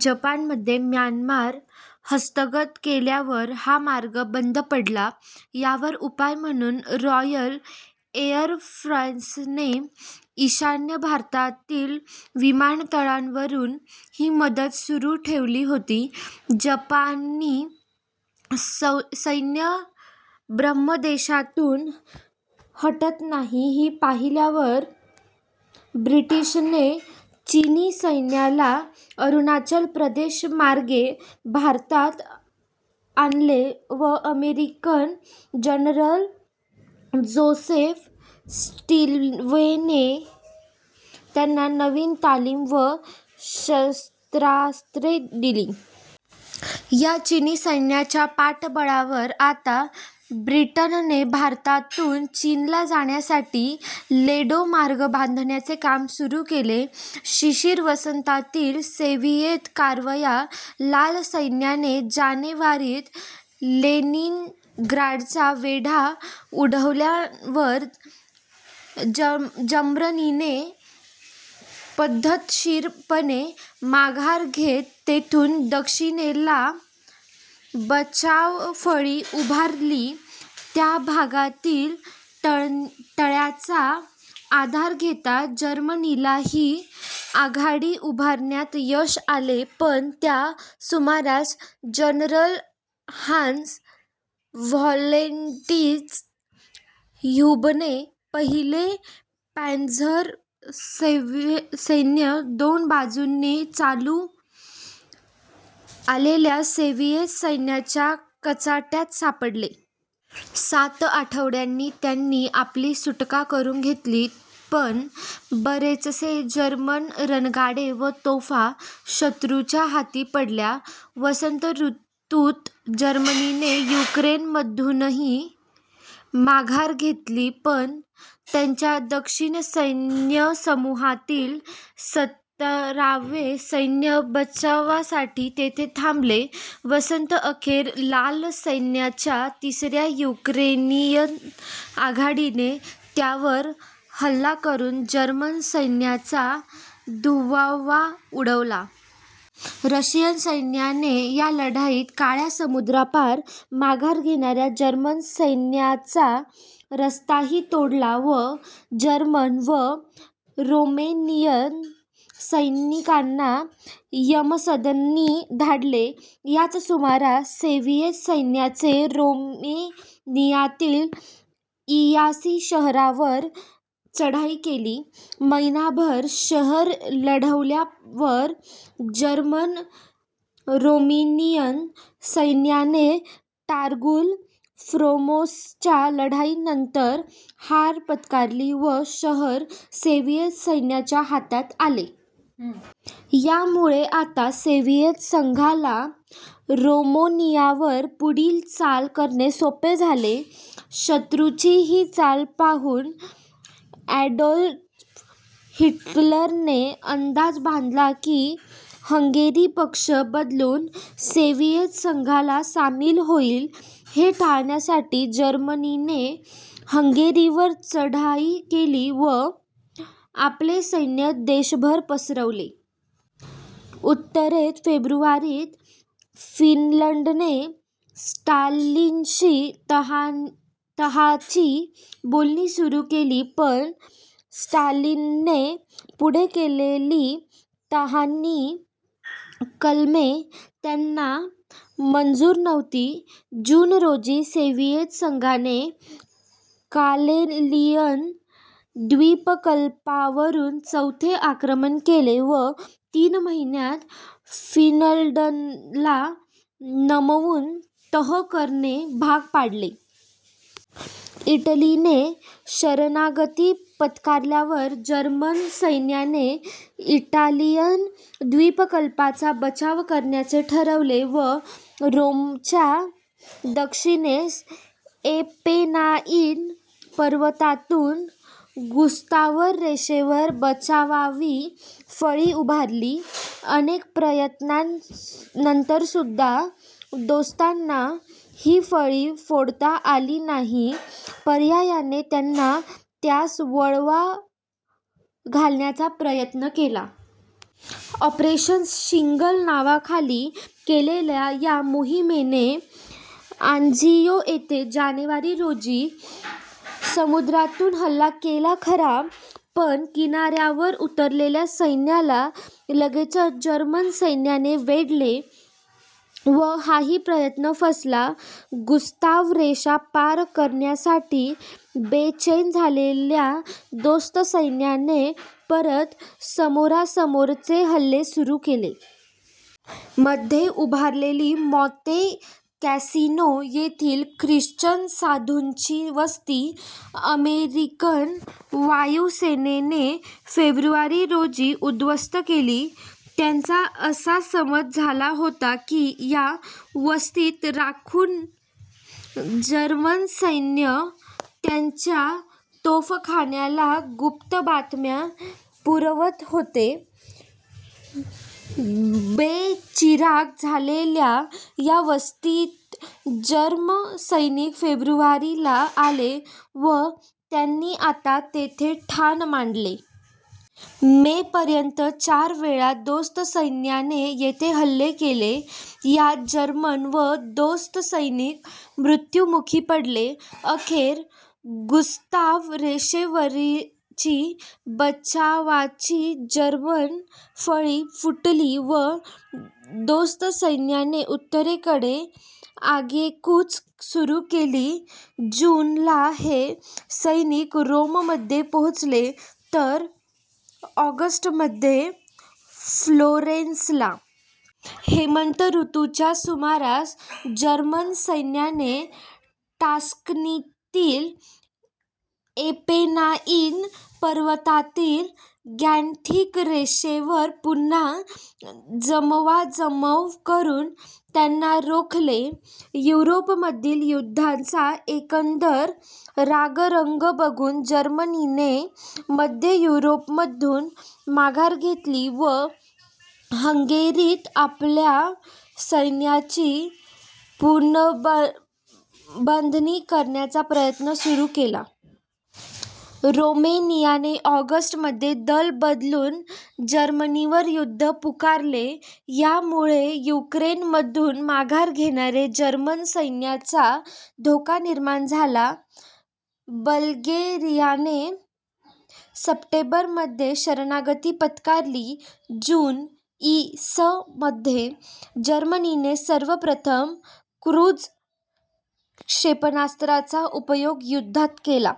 जपानने म्यानमार हस्तगत केल्यावर हा मार्ग बंद पडला. यावर उपाय म्हणून रॉयल एरफोर्सने ईशान्य भारतातील विमानतळांवरून ही मदत सुरू ठेवली होती. जपानी सैन्य ब्रह्मदेशातून हटत नाही ही पाहिल्यावर ब्रिटनने चीनी सैन्याला अरुणाचल प्रदेशमार्गे भारतात आणले व अमेरिकन जनरल जोसेफ स्टिलवेलने त्यांना नवी तालीम व शस्त्रास्त्रे दिली. या चीनी सैन्याच्या पाठबळावर आता ब्रिटनने भारतातून चीनला जाण्यासाठी लेडो मार्ग बांधण्याचे काम सुरू केले. शिशिर-वसंतातील सोव्हिएत कारवाया लाल सैन्याने जानेवारीत लेनिनग्राडचा वेढा उठवल्यावर जर्मनीने पद्धतशीरपणे माघार घेत तेथून दक्षिणेला बचावफळी उभारली. त्या भागातील तळ्यांचा आधार घेत जर्मनीला ही आघाडी उभारण्यात यश आले पण त्या सुमारास जनरल हान्स-व्हॅलेन्टिन ह्युबचे पहिले पॅन्झर सैन्य दोन बाजूंनी चालून आलेल्या सोव्हिएत सैन्याच्या कचाट्यात सापडले. सात आठवड्यांनी त्यांनी आपली सुटका करून घेतली पण बरेचसे जर्मन रणगाडे व तोफा शत्रूच्या हाती पडल्या. वसंत ऋतुत जर्मनीने युक्रेनमधूनही माघार घेतली पण त्यांच्या दक्षिण सैन्यसमूहातील सतरावे सैन्य बचावासाठी तेथे थांबले. वसंतअखेर लाल सैन्याच्या तिसऱ्या युक्रेनियन आघाडीने त्यावर हल्ला करून जर्मन सैन्याचा धुव्वा उडवला. रशियन सैन्याने या लढाईत काळ्या समुद्रापार माघार घेणाऱ्या जर्मन सैन्याचा रस्ताही तोडला व जर्मन व रोमेनियन सैनिकांना यमसदनी धाडले. याच सुमारास सोव्हिएत सैन्याने रोमेनियातील इयासी शहरावर चढाई केली. महिनाभर शहर लढवल्यावर जर्मन-रोमेनियन सैन्याने टारगुल फ्रुमोसच्या लढाईनंतर हार पत्करली व शहर सोव्हिएत सैन्याच्या हातात आले. यामुळे आता सोव्हिएत संघाला रोमेनियावर पुढील चाल करणे सोपे झाले. शत्रूची ही चाल पाहून ॲडॉल्फ हिटलरने अंदाज बांधला की हंगेरी पक्ष बदलून सोव्हिएत संघाला सामील होइल. हे टाळण्यासाठी जर्मनीने हंगेरीवर चढाई केली व आपले सैन्य देशभर पसरवले. उत्तरेत फेब्रुवारीत फिनलंडने स्टालिनशी तहाची बोलणी सुरू केली पण स्टालिनने पुढे केलेली तहाची कलमे त्यांना मंजूर नव्हती. जून रोजी सोव्हिएत संघाने कारेलियन द्वीपकल्पावरून चौथे आक्रमण केले व तीन महिन्यात फिनलंडला नमवून तह करणे भाग पाडले. इटलीने शरणागती पत्करल्यावर जर्मन सैन्याने इटालियन द्वीपकल्पाचा बचाव करण्याचे ठरवले व रोमच्या दक्षिणेस एपेनाइन पर्वतातून गुस्ताव रेषेवर बचावाची फळी उभारली. अनेक प्रयत्नांनंतरसुद्धा दोस्तांना ही फळी फोडता आली नाही. पर्यायाने त्यांनी त्यास वळसा घालण्याचा प्रयत्न केला. ऑपरेशन शिंगल नावाखाली केलेल्या या मोहिमेने आंझियो येथे जानेवारी, रोजी समुद्रातून हल्ला केला खरा पण किनाऱ्यावर उतरलेल्या सैन्याला लगेचच जर्मन सैन्याने वेढले व हाही प्रयत्न फसला. गुस्ताव रेषा पार करण्यासाठी बेचैन झालेल्या दोस्त सैन्याने परत समोरासमोरचे हल्ले सुरू केले. मध्ये उभारलेली मॉॅंते कॅसिनो येथील ख्रिश्चन साधूंची वस्ती अमेरिकन वायु सेनेने फेब्रुवारी रोजी उद्ध्वस्त केली. त्यांचा असा समज झाला होता की या वस्तीत राहून जर्मन सैन्य त्यांच्या तोफखान्याला गुप्त बातम्या पुरवत होते. बेचिराख झालेल्या या वस्तीत जर्म सैनिक फेब्रुवारी ला आले व त्यांनी आता तेथे ठाण मांडले. मे पर्यंत चार वेळा दोस्त सैन्याने येथे हल्ले केले. यात जर्मन तर दोस्त सैनिक मृत्युमुखी पडले. अखेर गुस्ताव रेषेवरची बचावाची जर्मन फळी फुटली व दोस्त सैन्याने उत्तरेकडे आगेकूच सुरू केली. जून ला हे सैनिक रोममध्ये पोचले तर ऑगस्टमध्ये फ्लोरेंसला. हेमंत ऋतूच्या सुमारास जर्मन सैन्याने टस्कनीतील एपेनाइन पर्वतातील गॉथिक रेषेवर पुन्हा जमवाजमव करून त्यांना रोखले युरोपमधील युद्धाचा एकंदर रागरंग बघून जर्मनीने मध्य युरोपमधून माघार घेतली व हंगेरीत आपल्या सैन्याची पुनर्बांधणी करण्याचा प्रयत्न सुरू केला. रोमेनियाने ऑगस्ट मध्ये दल बदलून जर्मनीवर युद्ध पुकारले. यामुळे युक्रेनमधून माघार घेणाऱ्या जर्मन सैन्याला धोका निर्माण झाला. बल्गेरियाने सप्टेंबरमध्ये शरणागती पत्करली. जून इ. स. मध्ये जर्मनीने सर्वप्रथम क्रुझ क्षेपणास्त्रांचा उपयोग युद्धात केला.